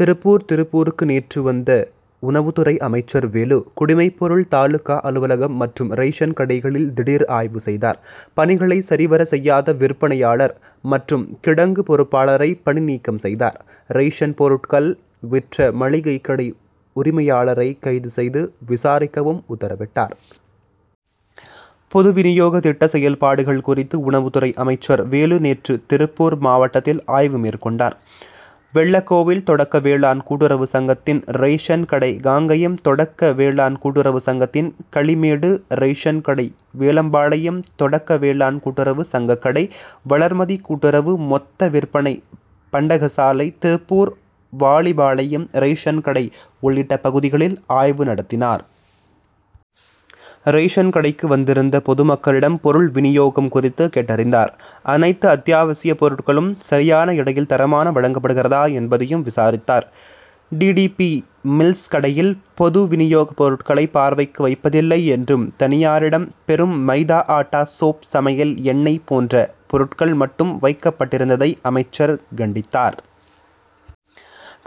திருப்பூர் திருப்பூருக்கு நேற்று வந்த உணவுத்துறை அமைச்சர் வேலு குடிமைப்பொருள் தாலுகா அலுவலகம் மற்றும் ரேஷன் கடைகளில் திடீர் ஆய்வு செய்தார். பணிகளை சரிவர செய்யாத விற்பனை யாளர் மற்றும் கிடங்கு பொறுப்பாளரை பணி நீக்கம் செய்தார். ரேஷன் பொருட்கள் விற்ற மளிகைக் கடை உரிமையாளரை கைது செய்து விசாரிக்கவும் உத்தரவிட்டார். பொது வினியோக திட்ட செயல்பாடுகள் குறித்து உணவுத் துறை அமைச்சர் வேலு நேற்று திருப்பூர் மாவட்டத்தில் ஆய்வு மேற்கொண்டார். வெள்ள கோவில் தொடக்க வேளாண் கூட்டுறவு சங்கத்தின் ரேஷன் கடை காங்கயம் தொடக்க வேளாண் கூட்டுறவு சங்கத்தின் களிமேடு ரேஷன் கடை வேலம்பாளையம் தொடக்க வேளாண் கூட்டுறவு சங்க கடை வளர்மதி கூட்டுறவு மொத்த விற்பனை பண்டகசாலை திருப்பூர் வாலிபாளையம் ரேஷன் கடை உள்ளிட்ட பகுதிகளில் ஆய்வு நடத்தினார். ரேஷன் கடைகளுக்கு வந் திருந்த பொதுமக்களிடம் பொருள் வினியோகம் குறித்து கேட்டறிந்தார். அனைத்து அத்தி யாவசிய பொருட்களும் சரி யான எடையில் தரமாக வழங்கப்படுகிறதா என்பதையும் விசாரித்தார். டி. டி. பி. மில்ஸ் கடையில் பொது வினியோக பொருட்களை பார்வைக்கு வைப்பதில்லை என்றும் தனியாரிடம் பெறும் மைதா ஆட்டா சோப் சமையல் எண்ணெய் போன்ற பொருட்கள் மட்டும் வைக்கப்பட்டிருந்ததை அமைச்சர் கண்டித்தார்.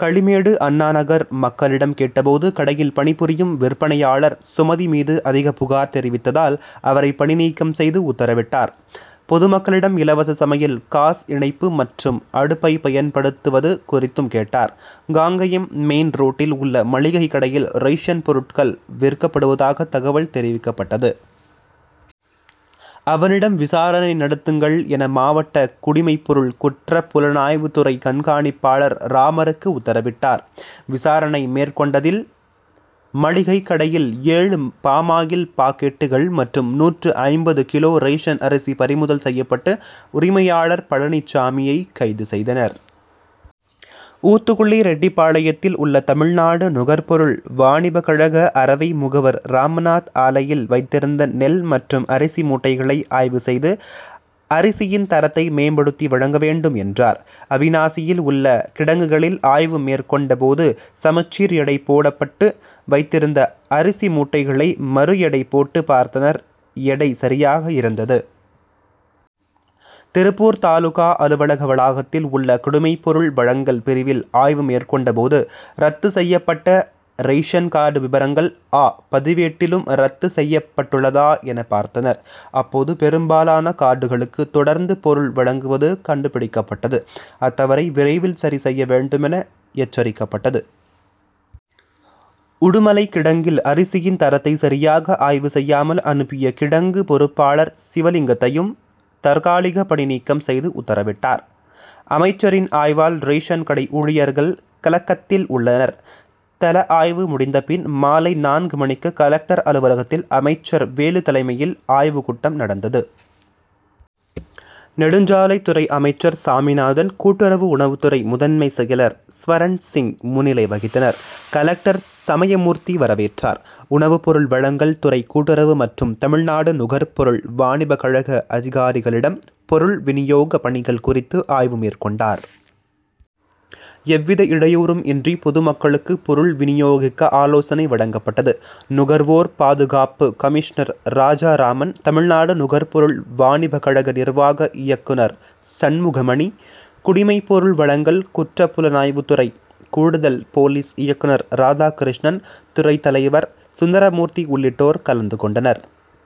களிமேடு அண்ணா நகர் மக் களிடம் கேட்டபோது கடையில் பணிபுரியும் விற்பனை யாளர் சுமதி மீது அதிக புகார் தெரிவித்ததால் அவரை பணி நீக்கம் செய்து உத்தரவிட்டார். பொதுமக்களிடம் இலவச சமையல் காஸ் இணைப்பு மற்றும் அடுப்பை பயன்படுத்து வது குறித்தும் கேட்டார். காங்கயம் மெயின் ரோட்டில் உள்ள மளிகை கடையில் ரேஷன் பொருட்கள் விற்கப் படுவதாக தகவல் தெரிவிக்கப் பட்டது. அவரிடம் விசாரணை நடத்துங்கள் என மாவட்ட குடிமைப்பொருள் குற்றப் புலனாய்வு துறை கண்காணிப் பாளர் ராமருக்கு உத்தரவிட்டார். விசாரணை மேற்கொண்டதில் மளிகை கடையில் ஏழு பாமாயில் பாக்கெட்டுகள் மற்றும் நூற்று ஐம்பது கிலோ ரேஷன் அரிசி பறிமுதல் செய்யப்பட்டு உரிமை யாளர் பழனிசாமியை கைது செய்தனர். ஊத்துக்குளி ரெட்டிபாளையத்தில் உள்ள தமிழ்நாடு நுகர்பொருள் வாணிப கழக அரவை முகவர் ராமநாத் ஆலையில் வைத்திருந்த நெல் மற்றும் அரிசி மூட்டைகளை ஆய்வு செய்து அரிசியின் தரத்தை மேம்படுத்தி வழங்க வேண்டும் என்றார். அவிநாசியில் உள்ள கிடங்குகளில் ஆய்வு மேற்கொண்ட போது சமச்சீர் எடை போடப்பட்டு வைத்திருந்த அரிசி மூட்டைகளை மறு எடை போட்டு பார்த்தனர் எடை சரியாக இருந்தது. திருப்பூர் தாலுகா அலுவலக வளாகத்தில் உள்ள குடிமைப்பொருள் வழங்கல் பிரிவில் ஆய்வு மேற்கொண்ட போது ரத்து செய்யப்பட்ட ரேஷன் கார்டு விபரங்கள் 'அ' பதிவேட்டிலும் ரத்து செய்யப் பட்டுள்ளதா என பார்த்தனர். அப்போது பெரும்பாலான கார்டுகளுக்கு தொடர்ந்து பொருள் வழங்குவது கண்டுபிடிக்கப்பட்டது அத்தவறை விரைவில் சரி செய்ய வேண்டுமென எச்சரிக்கப்பட்டது. உடுமலை கிடங்கில் அரிசியின் தரத்தை சரியாக ஆய்வு செய்யாமல் அனுப்பிய கிடங்கு பொறுப்பாளர் சிவ லிங்கத்தையும் தற்காலிக பணி நீக்கம் செய்து உத்தரவிட்டார். அமைச்சரின் ஆய்வால் ரேஷன் கடை ஊழியர்கள் கலக்கத்தில் உள்ளனர். தல ஆய்வு முடிந்தபின் மாலை நான்கு மணிக்கு கலெக்டர் அலுவலகத்தில் அமைச்சர் வேலு தலைமையில் ஆய்வு கூட்டம் நடந்தது. நெடுஞ்சாலைத் துறை அமைச்சர் சாமிநாதன் கூட்டுறவு உணவுத் துறை முதன்மை செயலர் ஸ்வரன்சிங் முன்னிலை வகித்தனர். கலெக்டர் சமயமூர்த்தி வர வேற்றார். உணவு பொருள் வழங்கல் துறை கூட்டுறவு மற்றும் தமிழ்நாடு நுகர்பொருள் வாணிப கழக அதிகாரிகளிடம் பொருள் வினியோக பணிகள் குறித்து ஆய்வு மேற்கொண்டார். எவ்வித இடையூறும் இன்றி பொதுமக்களுக்கு பொருள் வினியோகிக்க ஆலோசனை வழங்கப்பட்டது. நுகர்வோர் பாதுகாப்பு கமிஷனர் ராஜா ராமன் தமிழ்நாடு நுகர்பொருள் வாணிப கழக நிர்வாக இயக் குனர் சண்முகமணி குடிமைப் பொருள் வழங்கல் குற்றப் புலனாய்வுத்துறை கூடுதல் போலீஸ் இயக்குனர் ராதா கிருஷ்ணன் துறை தலைவர் சுந்தரமூர்த்தி உள்ளிட்டோர் கலந்துகொண்டனர்.